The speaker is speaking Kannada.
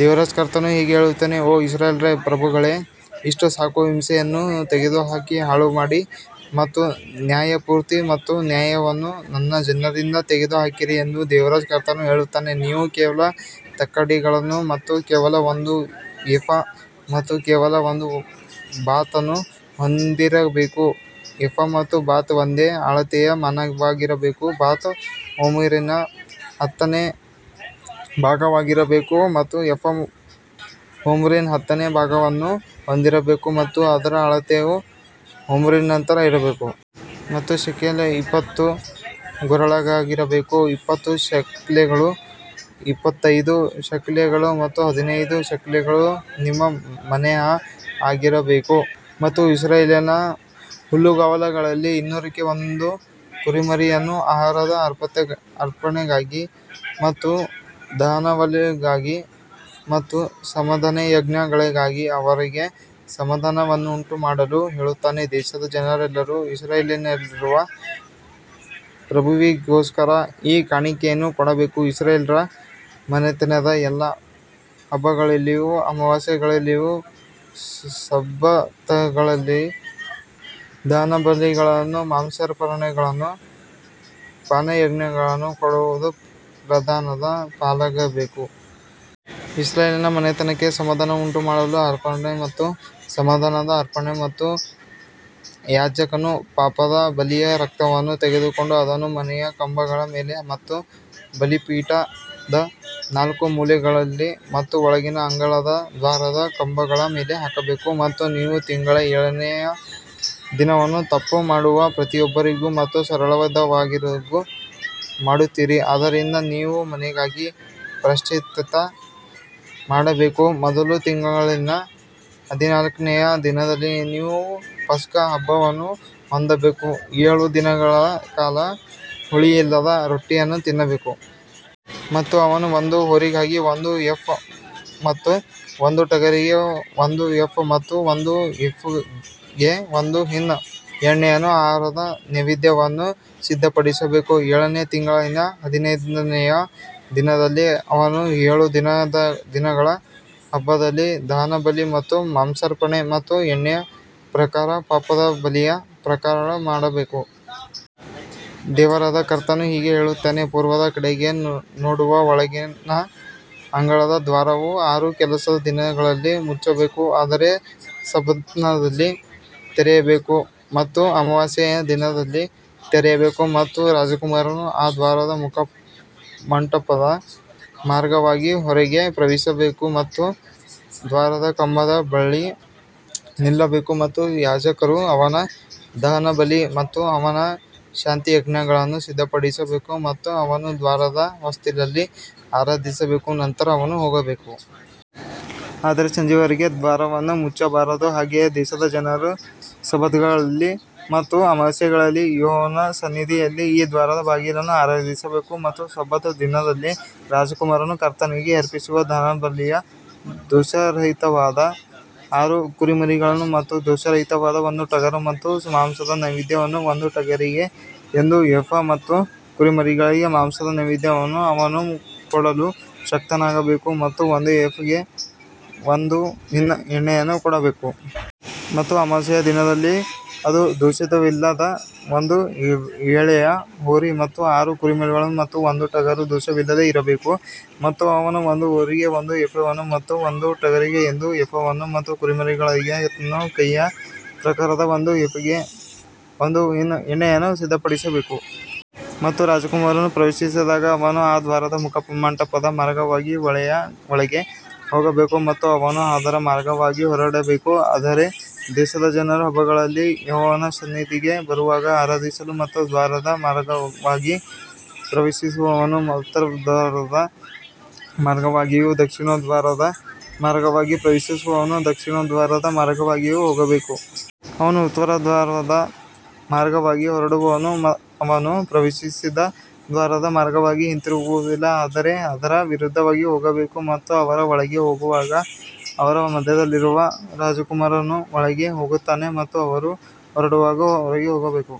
ದೇವರಾದ ಕರ್ತನು ಹೀಗೆ ಹೇಳುತ್ತಾನೆ ಓ ಇಸ್ರಾಯೇಲ್ಯರ ಪ್ರಭುಗಳೇ, ಇಷ್ಟು ಸಾಕು, ಹಿಂಸೆಯನ್ನು ತೆಗೆದುಹಾಕಿ, ಹಾಳುಮಾಡಿ ಮತ್ತು ನ್ಯಾಯತೀರ್ಪು ಮತ್ತು ನ್ಯಾಯವನ್ನು ನನ್ನ ಜನರಿಂದ ತೆಗೆದುಹಾಕಿರಿ ಎಂದು ದೇವರಾದ ಕರ್ತನು ಹೇಳುತ್ತಾನೆ. ನೀವು ಕೇವಲ ತಕ್ಕಡಿಗಳನ್ನು ಮತ್ತು ಕೇವಲ ಒಂದು ಎಫಾ ಮತ್ತು ಕೇವಲ ಒಂದು ಬಾತನ್ನು ಹೊಂದಿರಬೇಕು ಎಫಾ ಮತ್ತು ಬಾತ್ ಒಂದೇ ಅಳತೆಯ ಮಾನವಾಗಿರಬೇಕು, ಬಾತ್ ಹೋಮರಿನ ಹತ್ತನೇ ಭಾಗವಾಗಿರಬೇಕು ಮತ್ತು ಎಫಾ ಹೋಮರಿನ ಹತ್ತನೇ ಭಾಗವನ್ನು ಹೊಂದಿರಬೇಕು ಮತ್ತು ಅದರ ಅಳತೆಯು ಹೋಮರಿನ ನಂತರ ಇರಬೇಕು. ಮತ್ತು ಶೆಕೆಲ್ ಇಪ್ಪತ್ತು ಗೇರಾಗಳಾಗಿರಬೇಕು, ಇಪ್ಪತ್ತು ಶೆಕೆಲ್ಗಳು, ಇಪ್ಪತ್ತೈದು ಶೆಕೆಲ್ಗಳು ಮತ್ತು ಹದಿನೈದು ಶೆಕೆಲ್ಗಳು ನಿಮ್ಮ ಮನೇಹ್ ಆಗಿರಬೇಕು. ಮತ್ತು ಇಸ್ರಾಯೇಲಿನ ಹುಲ್ಲುಗಾವಲುಗಳಲ್ಲಿ ಇನ್ನೂರಕ್ಕೆ ಒಂದು ಕುರಿಮರಿಯನ್ನು ಆಹಾರದ ಅರ್ಪಣೆಗಾಗಿ ಮತ್ತು ದಹನಬಲಿಗಾಗಿ ಮತ್ತು ಸಮಾಧಾನಯಜ್ಞಗಳಿಗಾಗಿ ಅವರಿಗೆ ಸಮಾಧಾನವನ್ನುಂಟುಮಾಡಲು ಹೇಳುತ್ತಾನೆ. ದೇಶದ ಜನರೆಲ್ಲರೂ ಇಸ್ರಾಯೇಲಿನಲ್ಲಿರುವ ಪ್ರಭುವಿಗೋಸ್ಕರ ಈ ಕಾಣಿಕೆಯನ್ನು ಕೊಡಬೇಕು ಇಸ್ರಾಯೇಲ್ಯರ ಮನೆತನದ ಎಲ್ಲಾ ಹಬ್ಬಗಳಲ್ಲಿಯೂ ಅಮಾವಾಸ್ಯೆಗಳಲ್ಲಿಯೂ ಸಬ್ಬತ್ಗಳಲ್ಲಿ ದಹನಬಲಿಗಳನ್ನೂ ಮಾಂಸಾರ್ಪಣೆಗಳನ್ನೂ ಪಾನಯಜ್ಞಗಳನ್ನೂ ಕೊಡುವುದು ಪ್ರಧಾನನ ಪಾಲಾಗಬೇಕು. ಇಸ್ರಾಯೇಲಿನ ಮನೆತನಕ್ಕೆ ಸಮಾಧಾನವನ್ನುಂಟುಮಾಡಲು ಅರ್ಪಣೆ ಮತ್ತು ಸಮಾಧಾನದ ಅರ್ಪಣೆಗಳು ಮತ್ತು ಯಾಜಕನು ಪಾಪದ ಬಲಿಯ ರಕ್ತವನ್ನು ತೆಗೆದುಕೊಂಡು ಅದನ್ನು ಮನೆಯ ಕಂಬಗಳ ಮೇಲೆ ಮತ್ತು ಬಲಿಪೀಠದ ನಾಲ್ಕು ಮೂಲೆಗಳಲ್ಲಿ ಮತ್ತು ಒಳಗಿನ ಅಂಗಳದ ದ್ವಾರದ ಕಂಬಗಳ ಮೇಲೆ ಹಾಕಬೇಕು. ಮತ್ತು ನೀವು ತಿಂಗಳ ಏಳನೇ ದಿನವನ್ನು ತಪ್ಪು ಮಾಡುವ ಪ್ರತಿಯೊಬ್ಬರಿಗೂ ಮತ್ತು ಸರಳವಾದವರಿಗೂ ಮಾಡುತ್ತೀರಿ ಆದ್ದರಿಂದ ನೀವು ಮನೆಗಾಗಿ ಪ್ರಾಯಶ್ಚಿತ್ತ ಮಾಡಬೇಕು ಮೊದಲ ತಿಂಗಳಿನ ಹದಿನಾಲ್ಕನೆಯ ದಿನದಲ್ಲಿ ನೀವು ಪಸ್ಕ ಹಬ್ಬವನ್ನು ಹೊಂದಬೇಕು, ಏಳು ದಿನಗಳ ಕಾಲ ಹುಳಿಯಿಲ್ಲದ ರೊಟ್ಟಿಯನ್ನು ತಿನ್ನಬೇಕು. ಮತ್ತು ಅವನು ಒಂದು ಹೋರಿಗಾಗಿ ಒಂದು ಏಫ ಮತ್ತು ಒಂದು ಟಗರಿಗೆ ಒಂದು ಏಫ ಮತ್ತು ಒಂದು ಎಫಾಗೆ ಒಂದು ಹಿನ್ ಎಣ್ಣೆಯನ್ನು ಆಹಾರದ ನೈವೇದ್ಯವನ್ನು ಸಿದ್ಧಪಡಿಸಬೇಕು. ಏಳನೆಯ ತಿಂಗಳಿನ ಹದಿನೈದನೆಯ ದಿನದಲ್ಲಿ ಅವನು ಏಳು ದಿನಗಳ ಹಬ್ಬದಲ್ಲಿ ದಹನಬಲಿ ಮತ್ತು ಮಾಂಸಾರ್ಪಣೆ ಮತ್ತು ಎಣ್ಣೆಯ ಪ್ರಕಾರ ಪಾಪದ ಬಲಿಯ ಪ್ರಕಾರ ಮಾಡಬೇಕು. ದೇವರಾದ ಕರ್ತನು ಹೀಗೆ ಹೇಳುತ್ತಾನೆ, ಪೂರ್ವದ ಕಡೆಗೆ ನೋಡುವ ಒಳಗಿನ ಅಂಗಳದ ದ್ವಾರವು ಆರು ಕೆಲಸದ ದಿನಗಳಲ್ಲಿ ಮುಚ್ಚಬೇಕು ಆದರೆ ಸಬ್ಬತ್ನಲ್ಲಿ ತೆರೆಯಬೇಕು ಮತ್ತು ಅಮಾವಾಸ್ಯೆಯ ದಿನದಲ್ಲಿ ತೆರೆಯಬೇಕು. ಮತ್ತು ರಾಜಕುಮಾರನು ಆ ದ್ವಾರದ ಮುಖಮಂಟಪದ ಮಾರ್ಗವಾಗಿ ಹೊರಗೆ ಪ್ರವೇಶಿಸಬೇಕು ಮತ್ತು ದ್ವಾರದ ಕಂಬದ ಬಳಿ ನಿಲ್ಲಬೇಕು ಮತ್ತು ಯಾಜಕರು ಅವನ ದಹನಬಲಿ ಮತ್ತು ಅವನ ಶಾಂತಿಯಜ್ಞಗಳನ್ನು ಸಿದ್ಧಪಡಿಸಬೇಕು ಮತ್ತು ಅವನು ದ್ವಾರದ ಹೊಸ್ತಿಲಲ್ಲಿ ಆರಾಧಿಸಬೇಕು ನಂತರ ಅವನು ಹೋಗಬೇಕು. ಆದರೆ ಸಂಜೆಯವರೆಗೆ ದ್ವಾರವನ್ನು ಮುಚ್ಚಬಾರದು ಹಾಗೆಯೇ ದೇಶದ ಜನರು ಸಬ್ಬತ್ಗಳಲ್ಲಿ ಮತ್ತು ಅಮಾವಾಸ್ಯೆಗಳಲ್ಲಿ ಯೆಹೋವನ ಸನ್ನಿಧಿಯಲ್ಲಿ ಈ ದ್ವಾರದ ಬಾಗಿಲಲ್ಲಿ ಆರಾಧಿಸಬೇಕು. ಮತ್ತು ಸಬ್ಬತ್ ದಿನದಲ್ಲಿ ರಾಜಕುಮಾರನು ಕರ್ತನಿಗೆ ಅರ್ಪಿಸುವ ದಹನಬಲಿಯು ದೋಷರಹಿತವಾದ ಆರು ಕುರಿಮರಿಗಳು ಮತ್ತು ದೋಷರಹಿತವಾದ ಒಂದು ಟಗರು ಮತ್ತು ಮಾಂಸದ ನೈವೇದ್ಯವು ಒಂದು ಟಗರಿಗೆ ಒಂದು ಎಫಾ ಮತ್ತು ಕುರಿಮರಿಗಳಿಗೆ ಮಾಂಸದ ನೈವೇದ್ಯವನ್ನು ಅವನು ಕೊಡಲು ಶಕ್ತನಾಗಬೇಕು ಮತ್ತು ಒಂದು ಎಫಾಗೆ ಒಂದು ಹಿನ್ ಎಣ್ಣೆಯನ್ನು ಕೊಡಬೇಕು. ಮತ್ತು ಅಮಾವಾಸ್ಯೆಯ ದಿನದಲ್ಲಿ ಅದು ದೋಷವಿಲ್ಲದ ಒಂದು ಎಳೆಯ ಹೋರಿ ಮತ್ತು ಆರು ಕುರಿಮರಿಗಳು ಮತ್ತು ಒಂದು ಟಗರು ದೋಷವಿಲ್ಲದೆ ಇರಬೇಕು. ಮತ್ತು ಅವನು ಒಂದು ಹೋರಿಗೆ ಒಂದು ಎಫಾವನ್ನು ಮತ್ತು ಒಂದು ಟಗರಿಗೆ ಒಂದು ಎಫಾವನ್ನು ಮತ್ತು ಕುರಿಮರಿಗಳಿಗೆ ತನ್ನ ಕೈಯ ಪ್ರಕಾರ ಒಂದು ಎಫಾಗೆ ಒಂದು ಹಿನ್ ಎಣ್ಣೆಯನ್ನು ಸಿದ್ಧಪಡಿಸಬೇಕು. ಮತ್ತು ರಾಜಕುಮಾರನು ಪ್ರವೇಶಿಸಿದಾಗ ಅವನು ಆ ದ್ವಾರದ ಮುಖಮಂಟಪದ ಮಾರ್ಗವಾಗಿ ಒಳಗೆ ಹೋಗಬೇಕು ಮತ್ತು ಅವನು ಅದರ ಮಾರ್ಗವಾಗಿ ಹೊರಡಬೇಕು. ಆದರೆ ದೇಶದ ಜನರು ಹಬ್ಬಗಳಲ್ಲಿ ಯೆಹೋವನ ಸನ್ನಿಧಿಗೆ ಬರುವಾಗ ಆರಾಧಿಸಲು ಉತ್ತರ ದ್ವಾರದ ಮಾರ್ಗವಾಗಿ ಪ್ರವೇಶಿಸುವವನು ಉತ್ತರ ದ್ವಾರದ ಮಾರ್ಗವಾಗಿಯೂ ದಕ್ಷಿಣ ದ್ವಾರದ ಮಾರ್ಗವಾಗಿ ಪ್ರವೇಶಿಸುವವನು ದಕ್ಷಿಣ ದ್ವಾರದ ಮಾರ್ಗವಾಗಿಯೂ ಹೋಗಬೇಕು. ಅವನು ಉತ್ತರ ದ್ವಾರದ ಮಾರ್ಗವಾಗಿ ಹೊರಡುವನು, ಅವನು ಪ್ರವೇಶಿಸಿದ ದ್ವಾರದ ಮಾರ್ಗವಾಗಿ ಹಿಂತಿರುಗುವುದಿಲ್ಲ ಆದರೆ ಅದರ ವಿರುದ್ಧವಾಗಿ ಹೋಗಬೇಕು ಮತ್ತು ಅವರು ಒಳಗೆ ಹೋಗುವಾಗ ಅವರ ಮಧ್ಯದಲ್ಲಿರುವ ರಾಜಕುಮಾರನು ಒಳಗೆ ಹೋಗುತ್ತಾನೆ ಮತ್ತು ಅವರು ಹೊರಡುವಾಗ ಹೊರಗೆ ಹೋಗಬೇಕು.